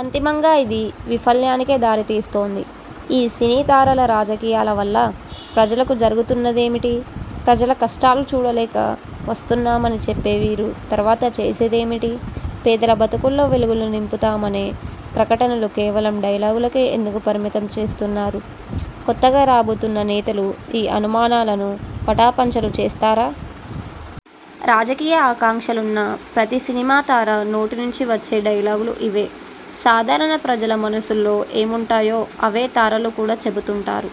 అంతిమంగా ఇది. వైఫల్యానికే దారి తీస్తోంది. ఈ సినీ తారల రాజకీయాల వల్ల ప్రజలకు ఒరుగుతున్నదేమిటి? ప్రజల కష్టాలు చూడలేకే వస్తున్నామని చెప్పే వీరు. తర్వాత చేసేదేమిటి? పేదల బతుకుల్లో వెలుగులు నింపుతామనే ప్రకటనలు కేవలం డైలాగులకే ఎందుకు పరిమితం చేస్తున్నారు? కొత్తగా రాబోతున్న నేతలు ఈ అనుమానాలను పటాపంచలు చేస్తారా? రాజకీయ ఆకాంక్షలున్న ప్రతి సినిమా తార నోటి నుంచి వచ్చే డైలాగులు ఇవే. సాధారణ ప్రజల మనసుల్లో ఏముంటాయో అవే తారలు కూడా చెబుతూంటారు.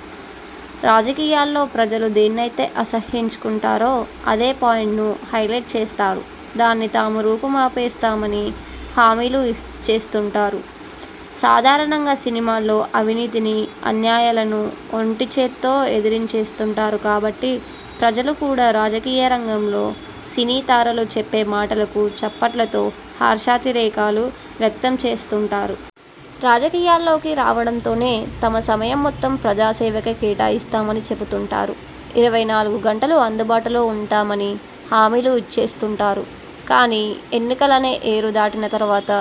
రాజకీయాల్లో ప్రజలు దేన్నైతే అసహ్యించుకుంటారో అదే పాయింట్ను హైలెట్ చేస్తారు. దాన్ని తాము రూపు మాపేస్తామని హామీలు ఇచ్చేస్తూంటారు. సాధారణంగా సినిమాల్లో అవినీతిని, అన్యాయాలను ఒంటిచేత్తో ఎదిరించేస్తూంటారు కాబట్టి ప్రజలు కూడా రాజకీయ రంగంలో సినీతారలు చెప్పే మాటలకు చప్పట్లతో హర్షాతిరేకాలు వ్యక్తం చేస్తూంటారు. రాజకీయాల్లోకి రావడంతోనే తమ సమయం మొత్తం ప్రజాసేవకే కేటాయిస్తామని చెబుతూంటారు. ఇరవై నాలుగు గంటలూ అందుబాటులో ఉంటామని హామీలు ఇచ్చేస్తూంటారు. కానీ ఎన్నికలనే ఏరు దాటిన తర్వాత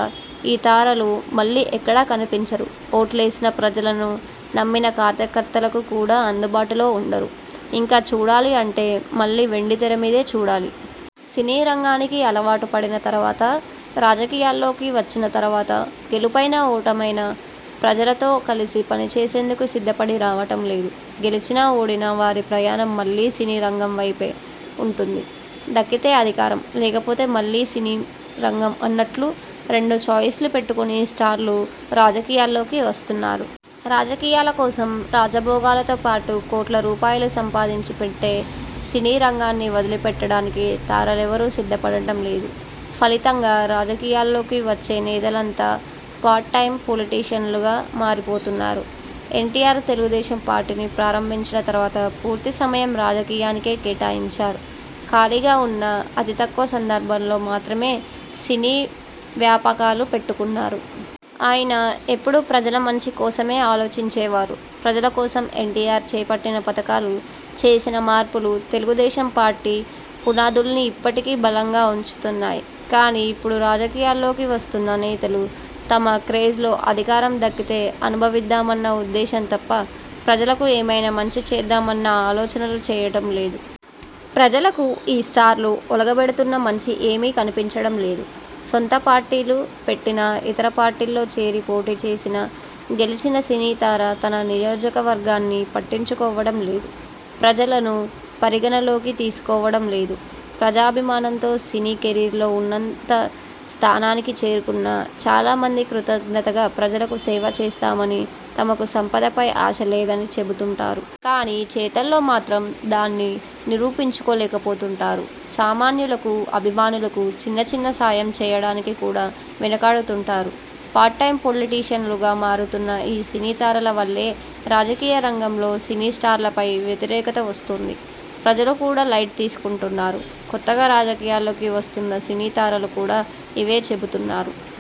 ఈ తారలు మళ్లీ ఎక్కడా కనిపించరు. ఓట్లేసిన ప్రజలను నమ్మిన కార్యకర్తలకు కూడా అందుబాటులో ఉండరు. ఇంక చూడాలి అంటే మళ్లీ వెండితెర మీదే చూడాలి. సినీ రంగానికి అలవాటుపడిన తర్వాత రాజకీయాల్లోకి వచ్చిన తర్వాత గెలుపైనా ఓటమైనా ప్రజలతో కలిసి పనిచేసేందుకు సిద్ధపడి రావడం లేదు. గెలిచినా, ఓడినా వారి ప్రయాణం మళ్లీ సినీ రంగం వైపే ఉంటుంది. దక్కితే అధికారం లేకపోతే మళ్లీ సినీ రంగం అన్నట్లు రెండు చాయిస్లు పెట్టుకుని స్టార్లు రాజకీయాల్లోకి వస్తున్నారు. రాజకీయాల కోసం రాజభోగాలతో పాటు కోట్ల రూపాయలు సంపాదించి పెట్టే సినీ రంగాన్ని వదిలి పెట్టడానికి తారలెవరూ సిద్ధపడటం లేదు. ఫలితంగా రాజకీయాల్లోకి వచ్చే నేతలంతా పార్ట్ టైమ్ పొలిటిషీయన్లుగా మారిపోతున్నారు. ఎన్టీఆర్ తెలుగుదేశం పార్టీని ప్రారంభించిన తర్వాత పూర్తి సమయం రాజకీయాలకే కేటాయించారు. ఖాళీగా ఉన్న అతి తక్కువ సందర్భాల్లో మాత్రమే సినీ వ్యాపకాలు పెట్టుకున్నారు. అయినా ఎప్పుడూ ప్రజల మంచి కోసమే ఆలోచించేవారు. ప్రజల కోసం ఎన్టీఆర్ చేపట్టిన పథకాలు చేసిన మార్పులు తెలుగుదేశం పార్టీ పునాదుల్నీ ఇప్పటికీ బలంగా ఉంచుతున్నాయి. కానీ ఇప్పుడు రాజకీయాల్లోకి వస్తున్న నేతలు తమ క్రేజ్లో అధికారం దక్కితే అనుభవిద్దామన్న ఉద్దేశం తప్ప ప్రజలకు ఏమైనా మంచి చేద్దామన్న ఆలోచనలు చేయడం లేదు. ప్రజలకు ఈ స్టార్లు ఒలగబెడుతున్న మంచి ఏమీ కనిపించడం లేదు. సొంత పార్టీలు పెట్టినా ఇతర పార్టీల్లో చేరి పోటీ చేసినా గెలిచిన సినీతార తన నియోజకవర్గాన్ని పట్టించుకోవడం లేదు. ప్రజలనూ పరిగణనలోకి తీసుకోవడం లేదు. ప్రజాభిమానంతో సినీ కెరీర్లో ఉన్నత స్థానానికి చేరుకున్న చాలా మంది కృతజ్ఞతగా ప్రజలకు సేవ చేస్తామని తమకు సంపదపై ఆశ లేదని చెబుతూంటారు. కానీ చేతల్లో మాత్రం దాన్ని నిరూపించలేకపోతూంటారు. సామాన్యులకు, అభిమానులకు చిన్న చిన్న సాయం చేయడానికి కూడా వెనుకాడుతూంటారు. పార్ట్ టైమ్ పొలిటిషన్లుగా మారుతున్న ఈ సినీతారల వల్లే రాజకీయ రంగంలో సినీ స్టార్లపై వ్యతిరేకత వస్తోంది. ప్రజలు కూడా లైట్ తీసుకుంటున్నారు. కొత్తగా రాజకీయాల్లోకి వస్తున్న సినీ తారలు కూడా ఇవే చెబుతున్నారు.